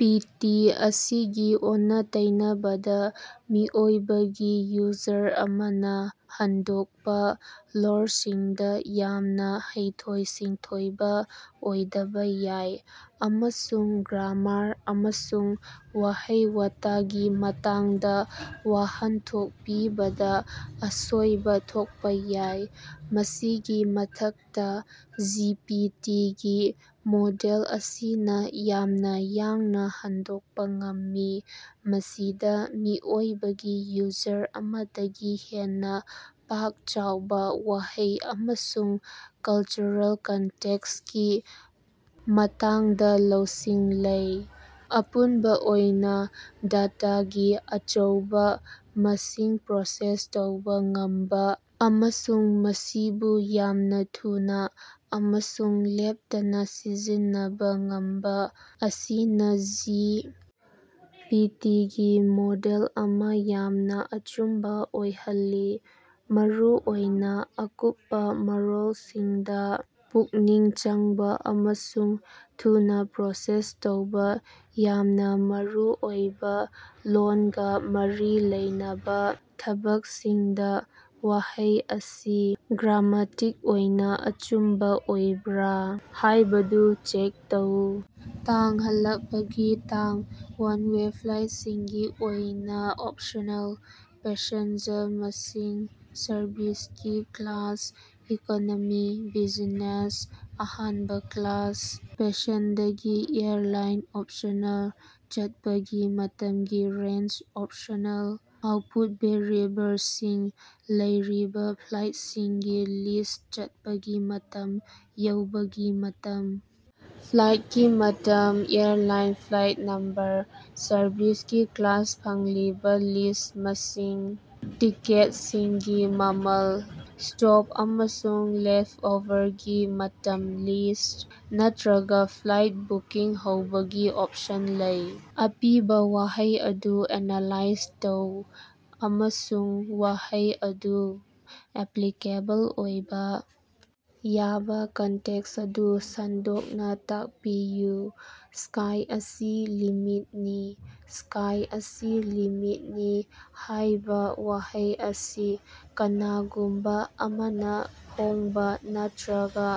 ꯄꯤ. T. ꯑꯁꯤꯒꯤ ꯑꯣꯟꯅ-ꯇꯩꯅꯕꯗ, ꯃꯤꯑꯣꯏꯕꯒꯤ ꯌꯨꯖꯔ ꯑꯃꯅ ꯍꯟꯗꯣꯛꯄꯥ ꯂꯣꯜꯁꯤꯡꯗ ꯌꯥꯝꯅ ꯍꯩꯊꯣꯏ-ꯁꯤꯡꯊꯣꯏꯕ ꯑꯣꯏꯗꯕ ꯌꯥꯏ ꯑꯃꯁꯨꯡ ꯒ꯭ꯔꯃꯥꯔ ꯑꯃꯁꯨꯡ ꯋꯥꯍꯩ ꯋꯥꯇꯒꯤ ꯃꯇꯥꯡꯗ ꯋꯥꯍꯟꯊꯣꯛ ꯄꯤꯕꯗꯥ ꯑꯁꯣꯏꯕꯥ ꯊꯣꯛꯄꯥ ꯌꯥꯏ꯫ ꯃꯁꯤꯒꯤ ꯃꯊꯛꯇꯥ, ꯖꯤ. ꯄꯤ. ꯇꯤ. ꯒꯤ ꯃꯣꯗꯦꯜ ꯑꯁꯤꯅ ꯌꯥꯝꯅ ꯌꯥꯡꯅ ꯍꯟꯗꯣꯛꯄ ꯉꯝꯃꯤ, ꯃꯁꯤꯗ ꯃꯤꯑꯣꯏꯕꯒꯤ ꯌꯨꯖꯔ ꯑꯃꯗꯒꯤ ꯍꯦꯟꯅꯥ ꯄꯥꯛ ꯆꯥꯎꯔꯕ ꯋꯥꯍꯩ ꯑꯃꯁꯨꯡ ꯀꯜꯆꯔꯦꯜ ꯀꯟꯇꯦꯛꯁꯀꯤ ꯃꯇꯥꯡꯗ ꯂꯧꯁꯤꯡ ꯂꯩ꯫ ꯑꯄꯨꯟꯕꯥ ꯑꯣꯏꯅ, ꯗꯇꯥꯒꯤ ꯑꯆꯧꯕ ꯃꯁꯤꯡ ꯄ꯭ꯔꯣꯁꯦꯁ ꯇꯧꯕ ꯉꯝꯕꯥ, ꯑꯃꯁꯨꯡ ꯃꯁꯤꯕꯨ ꯌꯥꯝꯅ ꯊꯨꯅꯥ ꯑꯃꯁꯨꯡ ꯂꯦꯞꯇꯅꯥ ꯁꯤꯖꯤꯟꯅꯕꯥ ꯉꯝꯕꯥ ꯑꯁꯤꯅ ꯖꯤ. ꯄꯤ. ꯇꯤ. ꯒꯤ ꯃꯣꯗꯦꯜ ꯑꯃ ꯌꯥꯝꯅ ꯑꯆꯨꯝꯕꯥ ꯑꯣꯏꯍꯜꯂꯤ, ꯃꯔꯨꯑꯣꯏꯅ ꯑꯀꯨꯞꯄꯥ ꯃꯔꯣꯜꯁꯤꯡꯗ ꯄꯨꯛꯅꯤꯡ ꯆꯪꯕ ꯑꯃꯁꯨꯡ ꯊꯨꯅ ꯄ꯭ꯔꯣꯁꯦꯁ ꯇꯧꯕ ꯌꯥꯝꯅ ꯃꯔꯨ ꯑꯣꯏꯕ ꯂꯣꯟꯒꯥ ꯃꯔꯤ ꯂꯩꯅꯕ ꯊꯕꯛꯁꯤꯡꯗ꯫ ꯋꯥꯍꯩ ꯑꯁꯤ ꯒ꯭ꯔꯥꯃꯇꯤꯛ ꯑꯣꯏꯅ ꯑꯆꯨꯝꯕꯥ ꯑꯣꯏꯕ꯭ꯔꯥ ꯍꯥꯏꯕꯗꯨ ꯆꯦꯛ ꯇꯧ꯫ ꯇꯥꯡ ꯍꯜꯂꯛꯄꯒꯤ ꯇꯥꯡ (ꯋꯥꯟ ꯋꯦ ꯐ꯭ꯂꯥꯏꯠꯁꯤꯡꯒꯤ ꯑꯣꯏꯅ ꯑꯣꯞꯁꯅꯦꯜ) ꯄꯦꯁꯦꯟꯖꯔ ꯃꯁꯤꯡ ꯁꯔꯚꯤꯁꯀꯤ ꯀ꯭ꯂꯥꯁ (ꯏꯀꯣꯅꯣꯃꯤ, ꯕꯤꯖꯤꯅꯦꯁ, ꯑꯍꯥꯟꯕ ꯀ꯭ꯂꯥꯁ) ꯄꯁꯟꯗꯒꯤ ꯑꯦꯌꯔꯂꯥꯏꯟ (ꯑꯣꯞꯁꯅꯦꯜ) ꯆꯠꯄꯒꯤ ꯃꯇꯝꯒꯤ ꯔꯦꯟꯖ ( ꯑꯣꯞꯁꯅꯦꯜ) ꯑꯥꯎꯠꯄꯨꯠ ꯚꯦꯔꯤꯑꯦꯕꯜꯁꯤꯡ: ꯂꯩꯔꯤꯕ ꯐ꯭ꯂꯥꯏꯠꯁꯤꯡꯒꯤ ꯂꯤꯁ꯭ ꯆꯠꯄꯒꯤ ꯃꯇꯝ ꯌꯧꯕꯒꯤ ꯃꯇꯝ ꯐ꯭ꯂꯥꯏꯠꯀꯤ ꯃꯇꯝ ꯑꯦꯌꯔꯂꯥꯏꯟ ꯐ꯭ꯂꯥꯏꯠ ꯅꯝꯕꯔ ꯁꯔꯚꯤꯁꯀꯤ ꯀ꯭ꯂꯥꯁ ꯐꯪꯂꯤꯕ ꯂꯤꯁꯠ ꯃꯁꯤꯡ ꯇꯤꯀꯦꯠ(ꯁꯤꯡ)ꯒꯤ ꯃꯃꯜ ꯁ꯭ꯇꯣꯞ ꯑꯃꯁꯨꯡ ꯂꯦꯠꯑꯣꯚꯔꯒꯤ ꯃꯇꯝ ꯂꯤꯁ ꯅꯠꯇꯔꯒ ꯐ꯭ꯂꯥꯏꯠ ꯕꯨꯀꯤꯡ ꯇꯧꯕꯒꯤ ꯑꯣꯞꯁꯟ ꯂꯩ꯫ ꯑꯄꯤꯕ ꯋꯥꯍꯩ ꯑꯗꯨ ꯑꯦꯅꯥꯂꯥꯏꯖ ꯇꯧ ꯑꯃꯁꯨꯡ ꯋꯥꯍꯩ ꯑꯗꯨ ꯑꯦꯄꯂꯤꯀꯦꯕꯜ ꯑꯣꯏꯕ ꯌꯥꯕ ꯀꯟꯇꯦꯛꯁ ꯑꯗꯨ ꯁꯟꯗꯣꯛꯅ ꯇꯥꯛꯄꯤꯌꯨ꯫ "ꯁ꯭ꯀꯥꯏ ꯑꯁꯤ ꯂꯤꯃꯤꯠꯅꯤ"꯫ "ꯁ꯭ꯀꯥꯏ ꯑꯁꯤ ꯂꯤꯃꯤꯠꯅꯤ" ꯍꯥꯏꯕ ꯋꯥꯍꯩ ꯑꯁꯤ ꯀꯅꯥꯒꯨꯝꯕ ꯑꯃꯅ ꯐꯪꯕ ꯅꯠꯇꯔ꯭ꯒ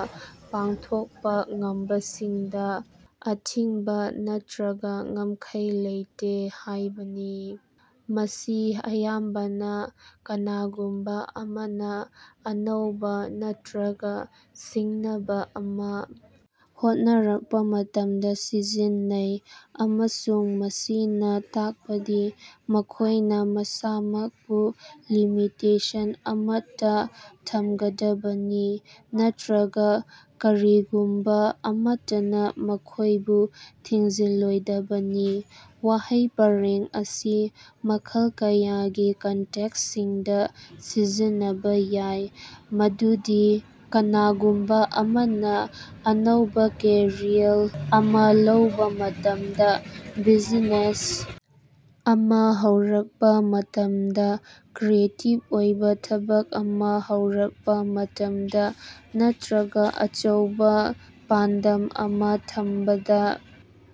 ꯄꯥꯡꯊꯣꯛꯄ ꯉꯝꯕꯁꯤꯡꯗ ꯑꯊꯤꯡꯕ ꯅꯠꯇꯔ꯭ꯒ ꯉꯝꯈꯩ ꯂꯩꯇꯦ ꯍꯥꯏꯕꯅꯤ꯫ ꯃꯁꯤ ꯑꯌꯥꯝꯕꯅ ꯀꯅꯥꯒꯨꯝꯕ ꯑꯃꯅ ꯑꯅꯧꯕ ꯅꯠꯇꯔ꯭ꯒ ꯁꯤꯡꯅꯕ ꯑꯃ ꯍꯣꯠꯅꯔꯛꯄ ꯃꯇꯝꯗ ꯁꯤꯖꯤꯟꯅꯩ, ꯑꯃꯁꯨꯡ ꯃꯁꯤꯅ ꯇꯥꯛꯄꯗꯤ ꯃꯈꯣꯏꯅꯥ ꯃꯁꯥꯃꯛꯄꯨ ꯂꯤꯃꯤꯇꯦꯁꯟ ꯑꯃꯠꯇꯥ ꯊꯝꯒꯗꯕꯅꯤ ꯅꯠꯇꯔ꯭ꯒꯥ ꯀꯔꯤꯒꯨꯝꯕ ꯑꯃꯠꯇꯅꯥ ꯃꯈꯣꯏꯕꯨ ꯊꯤꯡꯖꯤꯜꯂꯣꯏꯗꯕꯅꯤ꯫ ꯋꯥꯍꯩ ꯄꯔꯦꯡ ꯑꯁꯤ ꯃꯈꯜ ꯀꯌꯥꯒꯤ ꯀꯟꯇꯦꯛꯁꯁꯤꯡꯗ ꯁꯤꯖꯤꯟꯅꯕ ꯌꯥꯏ, ꯃꯗꯨꯗꯤ ꯀꯅꯥꯒꯨꯝꯕ ꯑꯃꯅ ꯑꯅꯧꯕ ꯀꯦꯔꯤꯌꯔ ꯑꯃ ꯂꯧꯕ ꯃꯇꯝꯗꯥ, ꯕꯤꯖꯤꯅꯦꯁ ꯑꯃ ꯍꯧꯔꯛꯄ ꯃꯇꯝꯗ, ꯀ꯭ꯔꯤꯌꯦꯇꯤꯕ ꯑꯣꯏꯕ ꯊꯕꯛ ꯑꯃ ꯍꯧꯔꯛꯄꯥ ꯃꯇꯝꯗ ꯅꯠꯇꯔ꯭ꯒ ꯑꯆꯧꯕ ꯄꯥꯟꯗꯝ ꯑꯃꯥ ꯊꯝꯕꯗꯥ꯫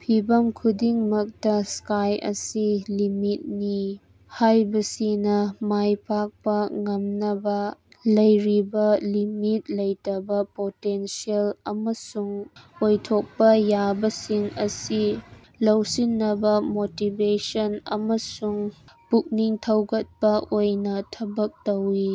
ꯐꯤꯚꯝ ꯈꯨꯗꯤꯡꯃꯛꯇꯥ "ꯁ꯭ꯀꯥꯏ ꯑꯁꯤ ꯂꯤꯃꯤꯠꯅꯤ" ꯍꯥꯏꯕꯁꯤꯅꯥ ꯃꯥꯏ ꯄꯥꯛꯄ ꯉꯝꯅꯕꯥ ꯂꯩꯔꯤꯕꯥ ꯂꯤꯃꯤꯠ ꯂꯩꯇꯕ ꯄꯣꯇꯦꯟꯁꯤꯌꯦꯜ ꯑꯃꯁꯨꯡ ꯑꯣꯏꯊꯣꯛꯄ ꯌꯥꯕꯁꯤꯡ ꯑꯁꯤ ꯂꯧꯁꯤꯟꯅꯕ ꯃꯣꯇꯤꯕꯦꯁꯟ ꯑꯃꯁꯨꯡ ꯄꯨꯛꯅꯤꯡ ꯊꯧꯒꯠꯄ ꯑꯣꯏꯅ ꯊꯕꯛ ꯇꯧꯏ꯫